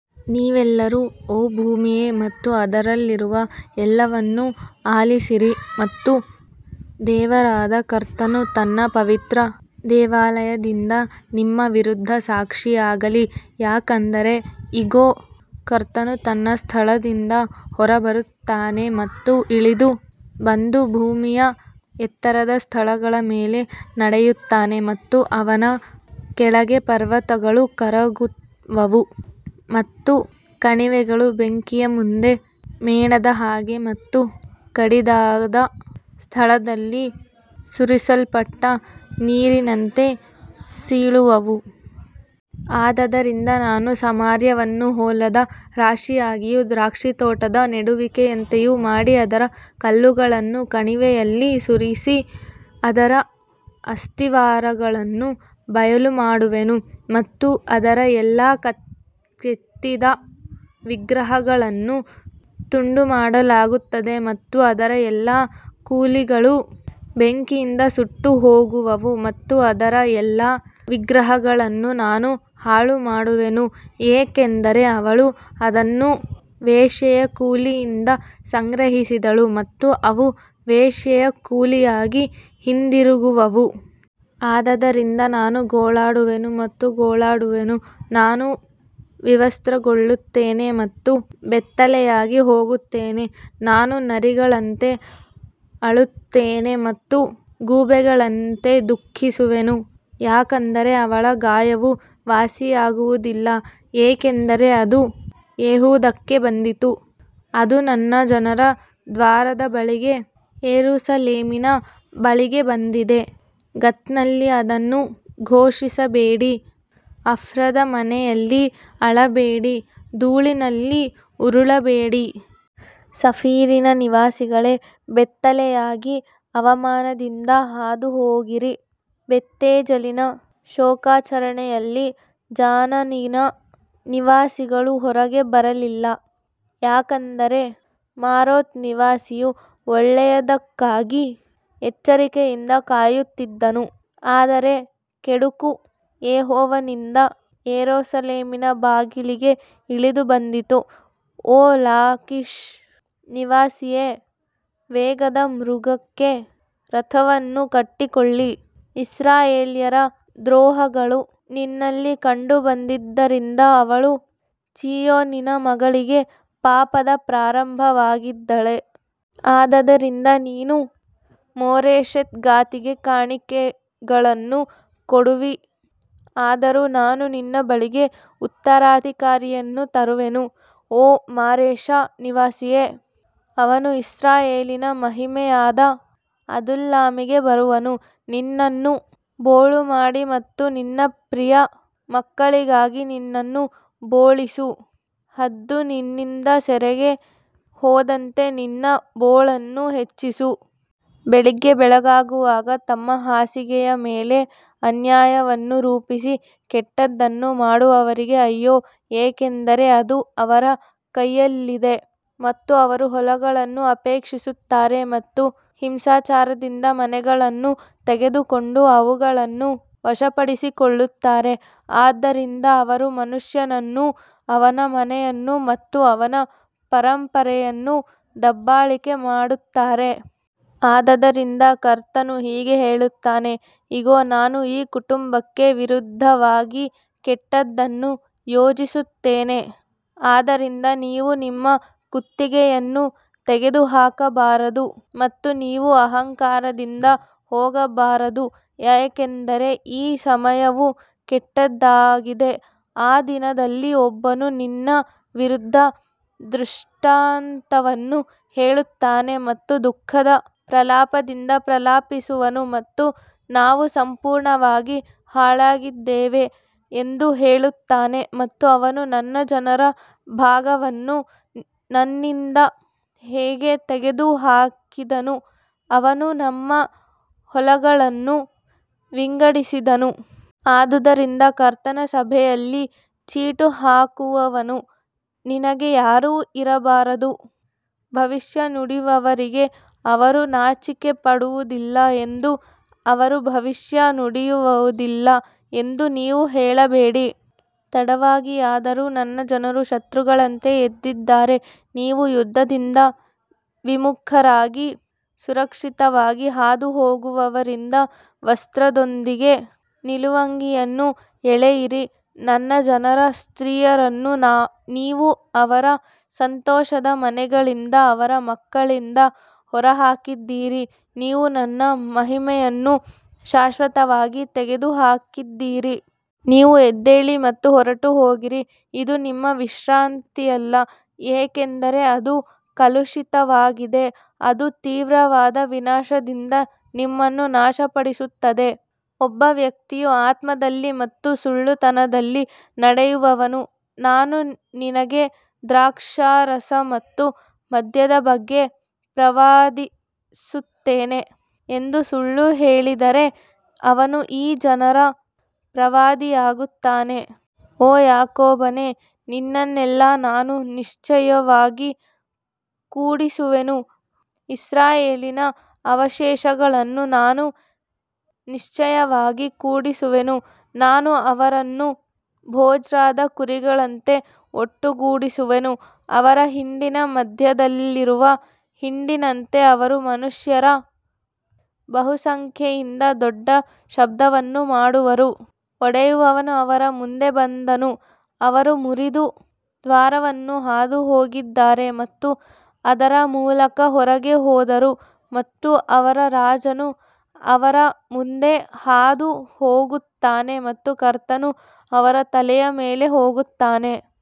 ನೀವೆಲ್ಲರೂ ಓ ಭೂಮಿಯೇ ಮತ್ತು ಅದರಲ್ಲಿರುವ ಎಲ್ಲವನ್ನೂ ಆಲಿಸಿರಿ ಮತ್ತು ದೇವರಾದ ಕರ್ತನು ತನ್ನ ಪವಿತ್ರ ದೇವಾಲಯದಿಂದ ನಿಮ್ಮ ವಿರುದ್ಧ ಸಾಕ್ಷಿಯಾಗಲಿ ಯಾಕಂದರೆ ಇಗೋ, ಕರ್ತನು ತನ್ನ ಸ್ಥಳದಿಂದ ಹೊರಬರುತ್ತಾನೆ ಮತ್ತು ಇಳಿದು ಬಂದು ಭೂಮಿಯ ಎತ್ತರದ ಸ್ಥಳಗಳ ಮೇಲೆ ನಡೆಯುತ್ತಾನೆ ಮತ್ತು ಅವನ ಕೆಳಗೆ ಪರ್ವತಗಳು ಕರಗುವವು ಮತ್ತು ಕಣಿವೆಗಳು ಬೆಂಕಿಯ ಮುಂದೆ ಮೇಣದ ಹಾಗೆ ಮತ್ತು ಕಡಿದಾದ ಸ್ಥಳದಲ್ಲಿ ಸುರಿಸಲ್ಪಟ್ಟ ನೀರಿನಂತೆ ಸೀಳುವವು. ಆದದರಿಂದ ನಾನು ಸಮಾರ್ಯವನ್ನು ಹೊಲದ ರಾಶಿಯಾಗಿಯೂ ದ್ರಾಕ್ಷಿತೋಟದ ನೆಡುವಿಕೆಯಂತೆಯೂ ಮಾಡಿ ಅದರ ಕಲ್ಲುಗಳನ್ನು ಕಣಿವೆಯಲ್ಲಿ ಸುರಿಸಿ ಅದರ ಅಸ್ತಿವಾರಗಳನ್ನು ಬಯಲುಮಾಡುವೆನು. ಮತ್ತು ಅದರ ಎಲ್ಲಾ ಕೆತ್ತಿದ ವಿಗ್ರಹಗಳನ್ನು ತುಂಡುಮಾಡಲಾಗುತ್ತದೆ ಮತ್ತು ಅದರ ಎಲ್ಲಾ ಕೂಲಿಗಳು ಬೆಂಕಿಯಿಂದ ಸುಟ್ಟುಹೋಗುವವು ಮತ್ತು ಅದರ ಎಲ್ಲಾ ವಿಗ್ರಹಗಳನ್ನು ನಾನು ಹಾಳುಮಾಡುವೆನು ಏಕೆಂದರೆ ಅವಳು ಅದನ್ನು ವೇಶ್ಯೆಯ ಕೂಲಿಯಿಂದ ಸಂಗ್ರಹಿಸಿದಳು ಮತ್ತು ಅವು ವೇಶ್ಯೆಯ ಕೂಲಿಯಾಗಿ ಹಿಂದಿರುಗುವವು. ಆದದರಿಂದ ನಾನು ಗೋಳಾಡುವೆನು ಮತ್ತು ಗೋಳಾಡುವೆನು, ನಾನು ವಿವಸ್ತ್ರಗೊಳ್ಳುತ್ತೇನೆ ಮತ್ತು ಬೆತ್ತಲೆಯಾಗಿ ಹೋಗುತ್ತೇನೆ, ನಾನು ನರಿಗಳಂತೆ ಅಳುತ್ತೇನೆ ಮತ್ತು ಗೂಬೆಗಳಂತೆ ದುಃಖಿಸುವೆನು, ಯಾಕಂದರೆ ಅವಳ ಗಾಯವು ವಾಸಿಯಾಗುವುದಿಲ್ಲ, ಏಕೆಂದರೆ ಅದು ಯೆಹೂದಕ್ಕೆ ಬಂದಿತು, ಅದು ನನ್ನ ಜನರ ದ್ವಾರದ ಬಳಿಗೆ, ಯೆರೂಸಲೇಮಿನ ಬಳಿಗೆ ಬಂದಿದೆ. ಗತ್ನಲ್ಲಿ ಅದನ್ನು ಘೋಷಿಸಬೇಡಿ, ಅಫ್ರದ ಮನೆಯಲ್ಲಿ ಅಳಬೇಡಿ, ಧೂಳಿನಲ್ಲಿ ಉರುಳಬೇಡಿ. ಸಫೀರಿನ ನಿವಾಸಿಗಳೇ, ಬೆತ್ತಲೆಯಾಗಿ ಅವಮಾನದಿಂದ ಹಾದುಹೋಗಿರಿ, ಬೆತ್ತೇಜಲಿನ ಶೋಕಾಚರಣೆಯಲ್ಲಿ ಜಾನಾನಿನ ನಿವಾಸಿಗಳು ಹೊರಗೆ ಬರಲಿಲ್ಲ. ಯಾಕಂದರೆ ಮಾರೋತ್ ನಿವಾಸಿಯು ಒಳ್ಳೆಯದಕ್ಕಾಗಿ ಎಚ್ಚರಿಕೆಯಿಂದ ಕಾಯುತ್ತಿದ್ದನು, ಆದರೆ ಕೆಡುಕು ಯೆಹೋವನಿಂದ ಯೆರೂಸಲೇಮಿನ ಬಾಗಿಲಿಗೆ ಇಳಿದು ಬಂದಿತು. ಓ ಲಾಕಿಷ್ ನಿವಾಸಿಯೇ, ವೇಗದ ಮೃಗಕ್ಕೆ ರಥವನ್ನು ಕಟ್ಟಿಕೊಳ್ಳಿ, ಇಸ್ರಾಯೇಲ್ಯರ ದ್ರೋಹಗಳು ನಿನ್ನಲ್ಲಿ ಕಂಡುಬಂದಿದ್ದರಿಂದ ಅವಳು ಚೀಯೋನಿನ ಮಗಳಿಗೆ ಪಾಪದ ಪ್ರಾರಂಭವಾಗಿದ್ದಾಳೆ. ಆದದರಿಂದ ನೀನು ಮೋರೆಶೆತ್ ಗಾತಿಗೆ ಕಾಣಿಕೆಗಳನ್ನು ಕೊಡುವಿ, ಆದರೂ ನಾನು ನಿನ್ನ ಬಳಿಗೆ ಉತ್ತರಾಧಿಕಾರಿಯನ್ನು ತರುವೆನು, ಓ ಮಾರೇಷಾ ನಿವಾಸಿಯೇ, ಅವನು ಇಸ್ರಾಯೇಲಿನ ಮಹಿಮೆಯಾದ ಅದುಲ್ಲಾಮಿಗೆ ಬರುವನು. ನಿನ್ನನ್ನು ಬೋಳುಮಾಡಿ ಮತ್ತು ನಿನ್ನ ಪ್ರಿಯ ಮಕ್ಕಳಿಗಾಗಿ ನಿನ್ನನ್ನು ಬೋಳಿಸು, ಹದ್ದು ನಿನ್ನಿಂದ ಸೆರೆಗೆ ಹೋದಂತೆ ನಿನ್ನ ಬೋಳನ್ನು ಹೆಚ್ಚಿಸು. ಬೆಳಿಗ್ಗೆ ಬೆಳಗಾಗುವಾಗ ತಮ್ಮ ಹಾಸಿಗೆಯ ಮೇಲೆ ಅನ್ಯಾಯವನ್ನು ರೂಪಿಸಿ ಕೆಟ್ಟದ್ದನ್ನು ಮಾಡುವವರಿಗೆ ಅಯ್ಯೋ, ಏಕೆಂದರೆ ಅದು ಅವರ ಕೈಯಲ್ಲಿದೆ. ಮತ್ತು ಅವರು ಹೊಲಗಳನ್ನು ಅಪೇಕ್ಷಿಸುತ್ತಾರೆ ಮತ್ತು ಹಿಂಸಾಚಾರದಿಂದ ಮನೆಗಳನ್ನು ತೆಗೆದುಕೊಂಡು ಅವುಗಳನ್ನು ವಶಪಡಿಸಿಕೊಳ್ಳುತ್ತಾರೆ, ಆದ್ದರಿಂದ ಅವರು ಮನುಷ್ಯನನ್ನೂ ಅವನ ಮನೆಯನ್ನು ಮತ್ತು ಅವನ ಪರಂಪರೆಯನ್ನೂ ದಬ್ಬಾಳಿಕೆ ಮಾಡುತ್ತಾರೆ. ಆದದರಿಂದ ಕರ್ತನು ಹೀಗೆ ಹೇಳುತ್ತಾನೆ, ಇಗೋ, ನಾನು ಈ ಕುಟುಂಬಕ್ಕೆ ವಿರುದ್ಧವಾಗಿ ಕೆಟ್ಟದ್ದನ್ನು ಯೋಜಿಸುತ್ತೇನೆ, ಅದರಿಂದ ನೀವು ನಿಮ್ಮ ಕುತ್ತಿಗೆಯನ್ನು ತೆಗೆದುಹಾಕಬಾರದು ಮತ್ತು ನೀವು ಅಹಂಕಾರದಿಂದ ಹೋಗಬಾರದು, ಏಕೆಂದರೆ ಈ ಸಮಯವು ಕೆಟ್ಟದ್ದಾಗಿದೆ. ಆ ದಿನದಲ್ಲಿ ಒಬ್ಬನು ನಿನ್ನ ವಿರುದ್ಧ ದೃಷ್ಟಾಂತವನ್ನು ಹೇಳುತ್ತಾನೆ ಮತ್ತು ದುಃಖದ ಪ್ರಲಾಪದಿಂದ ಪ್ರಲಾಪಿಸುವನು ಮತ್ತು ನಾವು ಸಂಪೂರ್ಣವಾಗಿ ಹಾಳಾಗಿದ್ದೇವೆ ಎಂದು ಹೇಳುತ್ತಾನೆ ಮತ್ತು ಅವನು ನನ್ನ ಜನರ ಭಾಗವನ್ನು ನನ್ನಿಂದ ಹೇಗೆ ತೆಗೆದುಹಾಕಿದನು, ಅವನು ನಮ್ಮ ಹೊಲಗಳನ್ನು ವಿಂಗಡಿಸಿದನು. ಆದುದರಿಂದ ಕರ್ತನ ಸಭೆಯಲ್ಲಿ ಚೀಟು ಹಾಕುವವನು ನಿನಗೆ ಯಾರೂ ಇರಬಾರದು. ಭವಿಷ್ಯ ನುಡಿಯುವವರಿಗೆ ಅವರು ನಾಚಿಕೆಪಡುವುದಿಲ್ಲ ಎಂದು ಅವರು ಭವಿಷ್ಯ ನುಡಿಯುವುದಿಲ್ಲ ಎಂದು ನೀವು ಹೇಳಬೇಡಿ. ತಡವಾಗಿಯಾದರೂ ನನ್ನ ಜನರು ಶತ್ರುಗಳಂತೆ ಎದ್ದಿದ್ದಾರೆ, ನೀವು ಯುದ್ಧದಿಂದ ವಿಮುಖರಾಗಿ ಸುರಕ್ಷಿತವಾಗಿ ಹಾದುಹೋಗುವವರಿಂದ ವಸ್ತ್ರದೊಂದಿಗೆ ನಿಲುವಂಗಿಯನ್ನು ಎಳೆಯಿರಿ. ನನ್ನ ಜನರ ಸ್ತ್ರೀಯರನ್ನು ನೀವು ಅವರ ಸಂತೋಷದ ಮನೆಗಳಿಂದ, ಅವರ ಮಕ್ಕಳಿಂದ ಹೊರಹಾಕಿದ್ದೀರಿ, ನೀವು ನನ್ನ ಮಹಿಮೆಯನ್ನು ಶಾಶ್ವತವಾಗಿ ತೆಗೆದುಹಾಕಿದ್ದೀರಿ. ನೀವು ಎದ್ದೇಳಿ ಮತ್ತು ಹೊರಟುಹೋಗಿರಿ, ಇದು ನಿಮ್ಮ ವಿಶ್ರಾಂತಿಯಲ್ಲ, ಏಕೆಂದರೆ ಅದು ಕಲುಷಿತವಾಗಿದೆ, ಅದು ತೀವ್ರವಾದ ವಿನಾಶದಿಂದ ನಿಮ್ಮನ್ನು ನಾಶಪಡಿಸುತ್ತದೆ. ಒಬ್ಬ ವ್ಯಕ್ತಿಯು ಆತ್ಮದಲ್ಲಿ ಮತ್ತು ಸುಳ್ಳುತನದಲ್ಲಿ ನಡೆಯುವವನು, ನಾನು ನಿನಗೆ ದ್ರಾಕ್ಷಾರಸ ಮತ್ತು ಮದ್ಯದ ಬಗ್ಗೆ ಪ್ರವಾದಿಸುತ್ತೇನೆ ಎಂದು ಸುಳ್ಳು ಹೇಳಿದರೆ, ಅವನು ಈ ಜನರ ಪ್ರವಾದಿಯಾಗುತ್ತಾನೆ. ಓ ಯಾಕೋಬನೇ, ನಿನ್ನನ್ನೆಲ್ಲ ನಾನು ನಿಶ್ಚಯವಾಗಿ ಕೂಡಿಸುವೆನು, ಇಸ್ರಾಯೇಲಿನ ಅವಶೇಷಗಳನ್ನು ನಾನು ನಿಶ್ಚಯವಾಗಿ ಕೂಡಿಸುವೆನು, ನಾನು ಅವರನ್ನು ಬೊಜ್ರಾದ ಕುರಿಗಳಂತೆ ಒಟ್ಟುಗೂಡಿಸುವೆನು, ಅವರ ಹಿಂಡಿನ ಮಧ್ಯದಲ್ಲಿರುವ ಹಿಂಡಿನಂತೆ ಅವರು ಮನುಷ್ಯರ ಬಹುಸಂಖ್ಯೆಯಿಂದ ದೊಡ್ಡ ಶಬ್ದವನ್ನು ಮಾಡುವರು. ಒಡೆಯುವವನು ಅವರ ಮುಂದೆ ಬಂದನು, ಅವರು ಮುರಿದು ದ್ವಾರವನ್ನು ಹಾದು ಹೋಗಿದ್ದಾರೆ ಮತ್ತು ಅದರ ಮೂಲಕ ಹೊರಗೆ ಹೋದರು ಮತ್ತು ಅವರ ರಾಜನು ಅವರ ಮುಂದೆ ಹಾದು ಹೋಗುತ್ತಾನೆ ಮತ್ತು ಕರ್ತನು ಅವರ ತಲೆಯ ಮೇಲೆ ಹೋಗುತ್ತಾನೆ.